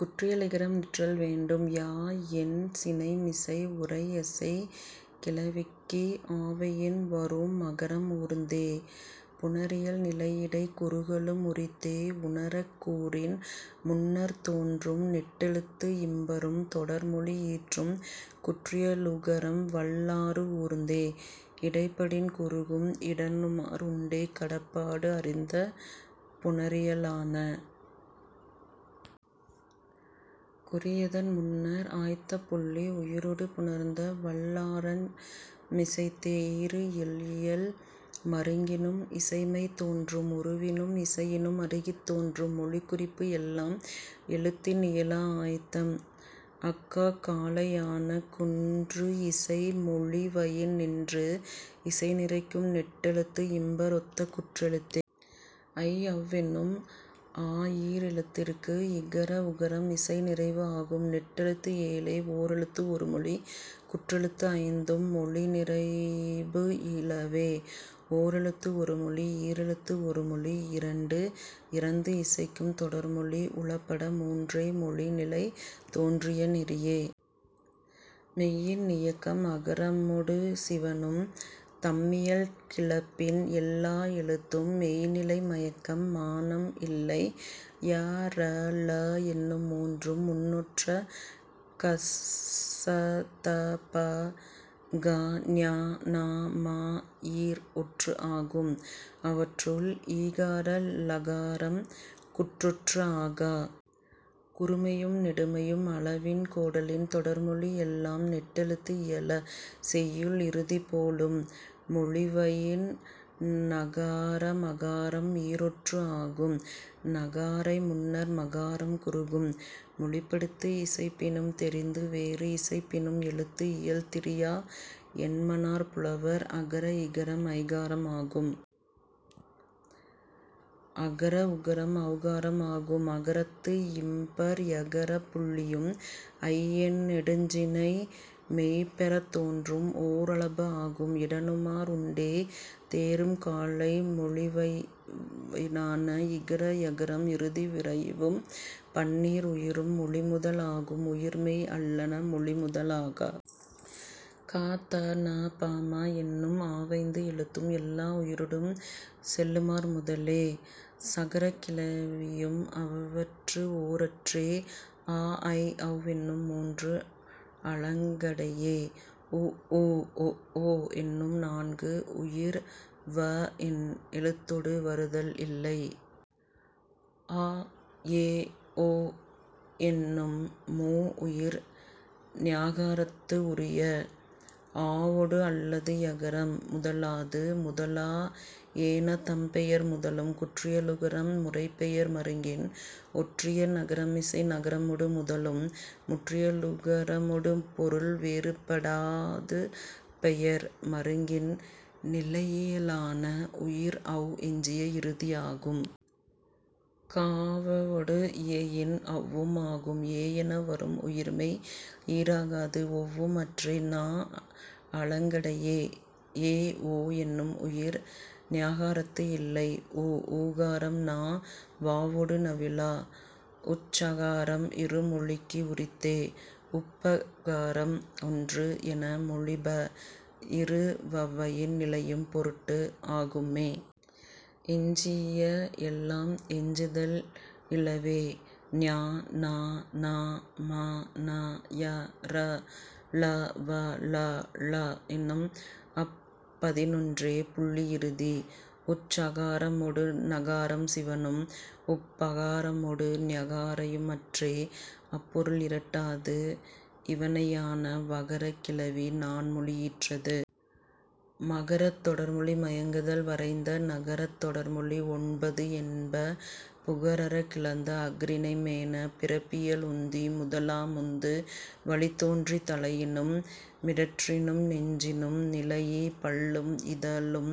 குற்றியலிகரம் நிற்றல் வேண்டும் யா என் சினைமிசை உரையசைக் கிளவிக்கு ஆவயின் வரூஉம் மகரம் ஊர்ந்தே. புணரியல் நிலையிடைக் குறுகலும் உரித்தே உணரக் கூறின் முன்னர்த் தோன்றும். நெட்டெழுத்து இம்பரும் தொடர்மொழி ஈற்றும் குற்றியலுகரம் வல் ஆறு ஊர்ந்தே. இடைப்படின் குறுகும் இடனுமார் உண்டே கடப்பாடு அறிந்த புணரியலான. குறியதன் முன்னர் ஆய்தப் புள்ளி உயிரொடு புணர்ந்த வல் ஆறன் மிசைத்தே. ஈறு இயல் மருங்கினும் இசைமை தோன்றும். உருவினும் இசையினும் அருகித் தோன்றும் மொழிக் குறிப்பு எல்லாம் எழுத்தின் இயலா ஆய்தம் அஃகாக் காலையான. குன்று இசை மொழிவயின் நின்று இசை நிறைக்கும் நெட்டெழுத்து இம்பர் ஒத்த குற்றெழுத்தே. ஐ ஔ என்னும் ஆயீர் எழுத்திற்கு இகர உகரம் இசை நிறைவு ஆகும். நெட்டெழுத்து ஏழே ஓர் எழுத்து ஒருமொழி. குற்றெழுத்து ஐந்தும் மொழி நிறைபு இலவே. ஓர் எழுத்து ஒருமொழி ஈர் எழுத்து ஒருமொழி இரண்டு இறந்து இசைக்கும் தொடர்மொழி உளப்பட மூன்றே மொழி நிலை தோன்றிய நெறியே. மெய்யின் இயக்கம் அகரமொடு சிவணும். தம் இயல் கிளப்பின் எல்லா எழுத்தும் மெய்ந் நிலை மயக்கம் மானம் இல்லை. ய ர ழ என்னும் மூன்றும் முன் ஒற்ற க ச த ப க ஞ ந ம ஈர் ஒற்று ஆகும். அவற்றுள், ரகார ழகாரம் குற்றொற்று ஆகா. குறுமையும் நெடுமையும் அளவின் கோடலின் தொடர்மொழி எல்லாம் நெட்டெழுத்து இயல. செய்யுள் இறுதிப் போலும் மொழிவயின் னகார மகாரம் ஈர் ஒற்று ஆகும். னகாரை முன்னர் மகாரம் குறுகும். மொழிப்படுத்து இசைப்பினும் தெரிந்து வேறு இசைப்பினும் எழுத்து இயல் திரியா என்மனார் புலவர். அகர இகரம் ஐகாரம் ஆகும். அகர உகரம் ஔகாரம் ஆகும். அகரத்து இம்பர் யகரப் புள்ளியும் ஐ என் நெடுஞ் சினை மெய் பெறத் தோன்றும். ஓர் அளபு ஆகும் இடனுமார் உண்டே தேரும் காலை மொழிவயினான. இகர யகரம் இறுதி விறைவும். பன்னீர் உயிரும் மொழி முதல் ஆகும். உயிர் மெய் அல்லன மொழி முதல் ஆகா. க த ந ப ம எனும் ஆவைந்து எழுத்தும் எல்லா உயிரொடும் செல்லுமார் முதலே. சகரக் கிளவியும் அவற்று ஓரற்றே அ ஐ ஔ எனும் மூன்று அலங்கடையே. உ ஊ ஒ ஓ என்னும் நான்கு உயிர் வ என் எழுத்தொடு வருதல் இல்லை. ஆ எ ஒ எனும் மூ உயிர் ஞகாரத்து உரிய. ஆவொடு அல்லது யகரம் முதலாது. முதலா ஏன தம் பெயர் முதலும். குற்றியலுகரம் முறைப்பெயர் மருங்கின் ஒற்றிய நகரமிசை நகரமொடு முதலும். முற்றியலுகரமொடு பொருள் வேறுபடாஅது அப் பெயர் மருங்கின் நிலையியலான. உயிர் ஔ எஞ்சிய இறுதி ஆகும். க வவொடு இயையின் ஔவும் ஆகும். எ என வரும் உயிர் மெய் ஈறாகாது. ஒவ்வும் அற்றே ந அலங்கடையே. ஏ ஒ எனும் உயிர் ஞகாரத்து இல்லை. உ ஊகாரம் ந வவொடு நவிலா. உச் சகாரம் இரு மொழிக்கு உரித்தே. உப் பகாரம் ஒன்று என மொழிப இரு வயின் நிலையும் பொருட்டு ஆகும்மே. எஞ்சிய எல்லாம் எஞ்சுதல் இலவே. ஞ ண ந ம ன ய ர ல வ ழ ள என்னும் அப் பதினொன்றே புள்ளி இறுதி. உச் சகாரமொடு நகாரம் சிவணும். உப் பகாரமொடு ஞகாரையும் அற்றே அப் பொருள் இரட்டாது இவணையான. வகரக் கிளவி நான் மொழி ஈற்றது. மகரத் தொடர்மொழி மயங்குதல் வரைந்த னகரத் தொடர்மொழி ஒன்பஃது என்ப புகர் அறக் கிளந்த அஃறிணை மேன.. பிறப்பியல் உந்தி முதலா முந்து வளி தோன்றி தலையினும் மிடற்றினும் நெஞ்சினும் நிலைஇ பல்லும் இதழும்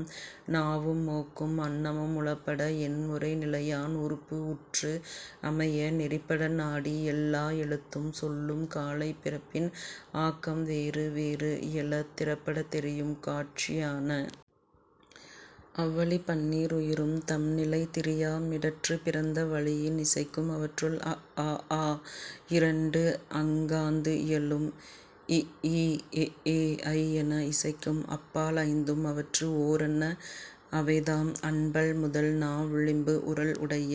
நாவும் மூக்கும் அண்ணமும் உளப்பட எண் முறை நிலையான் உறுப்பு உற்று அமைய நெறிப்பட நாடி எல்லா எழுத்தும் சொல்லும் காலை பிறப்பின் ஆக்கம் வேறு வேறு இயல திறப்படத் தெரியும் காட்சியான. அவ் வழி, பன்னீர் உயிரும் தம் நிலை திரியா மிடற்றுப் பிறந்த வளியின் இசைக்கும். அவற்றுள், அ ஆ ஆயிரண்டு அங்காந்து இயலும். இ ஈ எ ஏ ஐ என இசைக்கும் அப் பால் ஐந்தும் அவற்று ஓரன்ன அவைதாம், அண்பல் முதல் நா விளிம்பு உறல் உடைய.